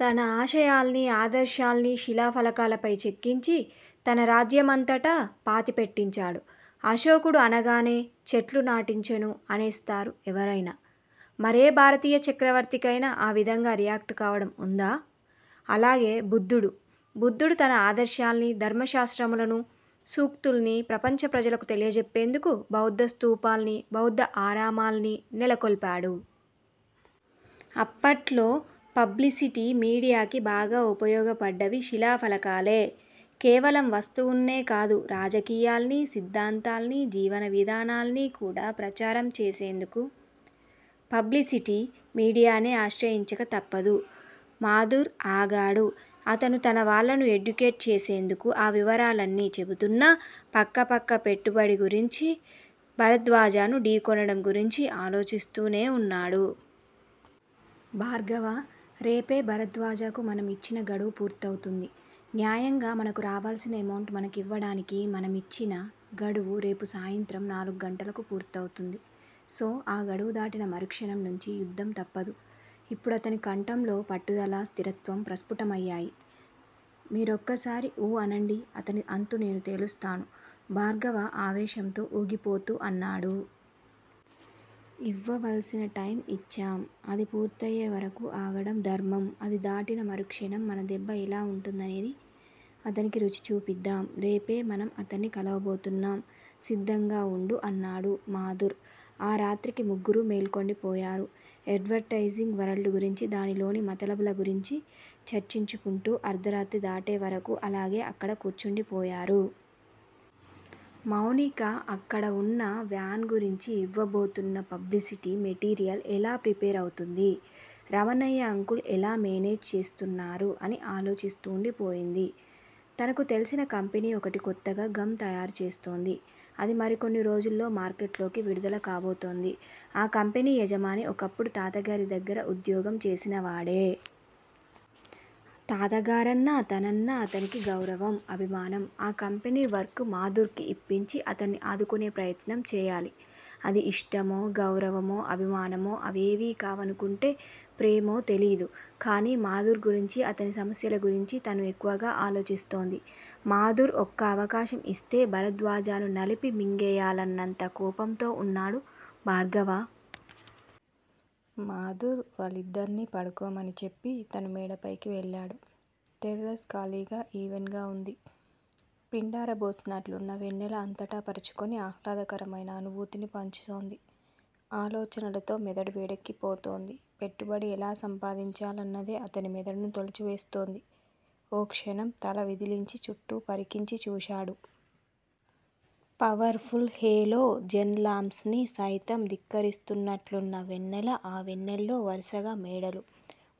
తన ఆశయాల్ని, ఆదర్శాల్ని శిలాఫలకాలపై చెక్కించి తన రాజ్యమంతటా పాతి పెట్టించాడు. అశోకుడు అనగానే చెట్లు నాటించెను అనేస్తారు ఎవరైనా. మరే భారతీయ చక్రవర్తికైనా ఆవిధంగా రియాక్ట్ కావడం వుందా? అలాగే బుద్దుడు-బుద్దుడు తన ఆదర్శాల్ని, ధర్మ శాస్త్రములను, సూక్తుల్ని ప్రపంచ ప్రజలకు తెలియజెప్పేందుకు బౌద్ద స్థూపాల్ని, బౌద్ద ఆరామాల్ని నెలకొల్పాడు. అప్పట్లో పబ్లిసిటీ మీడియాకి బాగా ఉపయోగపడ్డవి శిలాఫలకాలే. కేవలం వస్తువున్నే కాదు- రాజకీయాల్ని, సిద్దాంతాల్ని, జీవన విధానాల్ని కూడా ప్రచారం చేసేందుకు పబ్లిసిటీ మీడియానే ఆశ్రయించక తప్పదు. మాధుర్ ఆగాడు. అతను తనవాళ్ళను ఎడ్యుకేట్ చేసేందుకు ఆ వివరాలన్నీ చెబుతున్నా పక్కపక్క పెట్టుబడి గురించి, భరద్వాజను ఢీ కొనడం గురించి ఆలోచిస్తూనే వున్నాడు. భార్గవా! రేపే భరద్వాజకు మనం యిచ్చిన గడువు పూర్తవుతుంది. న్యాయంగా మనకు రావాల్సిన ఎమౌంట్ మనకివ్వడానికి మనమిచ్చిన గడువు రేపు సాయంత్రం నాలుగు గంటలకు పూర్తవుతుంది సో ఆ గడువు దాటిన మరుక్షణం నుంచి యుద్ధం తప్పదు ఇప్పుడతని కంఠంలో పట్టుదల, స్థిరత్వం ప్రస్ఫుటమయ్యాయి. మీరొక్కసారి ఊ అనండి అతని అంతు నేను తేలుస్తాను భార్గవ ఆవేశంతో ఊగిపోతూ అన్నాడు. ఇవ్వవల్సిన టైమ్ యిచ్చాం. అది పూర్తయ్యేవరకూ ఆగడం ధర్మం. అది దాటిన మరుక్షణం మన దెబ్బ ఎలా వుంటుందనేది అతనికి రుచి చూపిద్దాం రేపే మనం అతన్ని కలవబోతున్నాం సిద్దంగా వుండు అన్నాడు మాధుర్. ఆ రాత్రికి ముగ్గురూ మేల్కొండిపోయారు. ఎడ్వర్టెయిజింగ్ వరల్డ్ గురించి, దానిలోని మతలబుల గురించి చర్చించుకుంటూ అర్ధరాత్రి దాటేవరకు అలాగే అక్కడ కూర్చుండిపోయారు. మౌనిక అక్కడ వున్నా, వ్యాన్ గురించి యివ్వబోతున్న పబ్లిసిటీ మెటీరియల్ ఎలా ప్రిపేర్ అవుతుంది? రమణయ్య అంకుల్ ఎలా మేనేజ్ చేస్తున్నారు అని ఆలోచిస్తూండిపోయింది. తనకు తెల్సిన కంపెనీ ఒకటి కొత్తగా గమ్ తయారుచేస్తోంది అది మరికొన్ని రోజుల్లో మార్కెట్లోకి విడుదల కాబోతోంది. ఆ కంపెనీ యజమాని ఒకప్పుడు తాతగారి దగ్గర ఉద్యోగం చేసినవాడే. తాతగారన్నా, తనన్నా అతనికి గౌరవం, అభిమానం. ఆ కంపెనీ వర్క్ మాధుర్ కి యిప్పించి అతన్ని ఆదుకొనే ప్రయత్నం చేయాలి. ఇది ఇష్టమో, గౌరవమో, అభిమానమో అవేవీ కావనుకుంటే ప్రేమో తెలీదు. కానీ మాధుర్ గురించి, అతని సమస్యల గురించి తను ఎక్కువగా ఆలోచిస్తోంది. మాధుర్ ఒక్క అవకాశం యిస్తే, భరద్వాజను నలిపి మింగేయాలన్నంత కోపంతో వున్నాడు భార్గవ. మాధుర్ వాళ్ళిద్దర్నీ పడుకోమని చెప్పి, తను మేడపైకి వెళ్ళాడు. టెర్రెస్ ఖాళీగా, ఈవెన్ గా వుంది. పిండారబోసినట్లున్న వెన్నెల అంతట పరచుకుని ఆహ్లాదకరమైన అనుభూతిని పంచుతోంది. ఆలోచనలతో మెదడు వేడెక్కిపోతోంది. పెట్టుబడి ఎలా సంపాదించాలన్నదే అతని మెదడును తొలిచివేస్తోంది. ఓ క్షణం తల విదిలించి చుట్టూ పరికించి చూశాడు. Powerful halogen lamps ని సయితం ధిక్కరిస్తున్నట్లున్న వెన్నెల ఆ వెన్నెల్లో వరుసగా మేడలు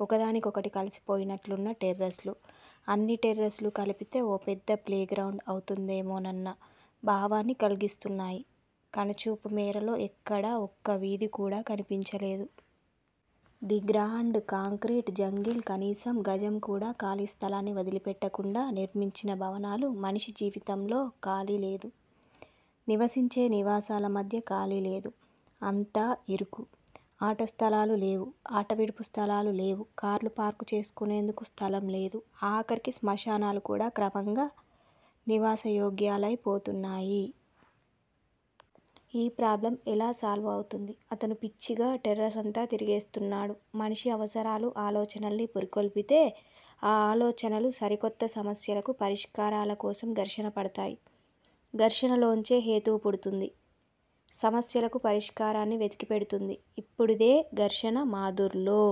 ఒకదానికొకటి కలిసిపోయినట్లున్న టెర్రెస్ లు అన్ని టెర్రెస్ లు కలిపితే ఓ పెద్ద ప్లేగ్రౌండ్ అవుతుందేమోనన్న భావాన్ని కల్గిస్తున్నాయి. కనుచూపు మేరలో ఎక్కడా ఒక్క వీధి కూడా కనిపించలేదు. ది గ్రాండ్ కాంక్రీట్ జంగిల్ కనీసం గజం కూడా ఖాళీస్థలాన్ని వదిలిపెట్టకుండా నిర్మించిన భవనాలు మనిషి జీవితంలో ఖాళీలేదు. నివసించే నివాసాల మధ్య ఖాళీలేదు. అంతా ఇరుకు ఆటస్థలాలు లేవు- ఆటవిడుపు స్థలాలు లేవు- కార్లు పార్కు చేసుకొనేందుకు స్థలం లేదు. ఆఖరికి స్మశానాలు కూడా క్రమంగా నివాసయోగ్యాలై పోతున్నాయి. ఈ ప్రాబ్లమ్ ఎలా సాల్వ్ అవుతుంది? అతను పిచ్చిగా టెర్రస్ అంతా తిరిగేస్తున్నాడు. మనిషి అవసరాలు ఆలోచనల్ని పురికొల్పితే ఆ ఆలోచనలు సరికొత్త సమస్యలకు పరిష్కారాల కోసం ఘర్షణ పడతాయి. ఘర్షణలోంచే హేతువు పుడుతుంది. సమస్యలకు పరిష్కారాన్ని వెతికిపెడుతుంది. ఇప్పుడిదే ఘర్షణ మాధుర్ లో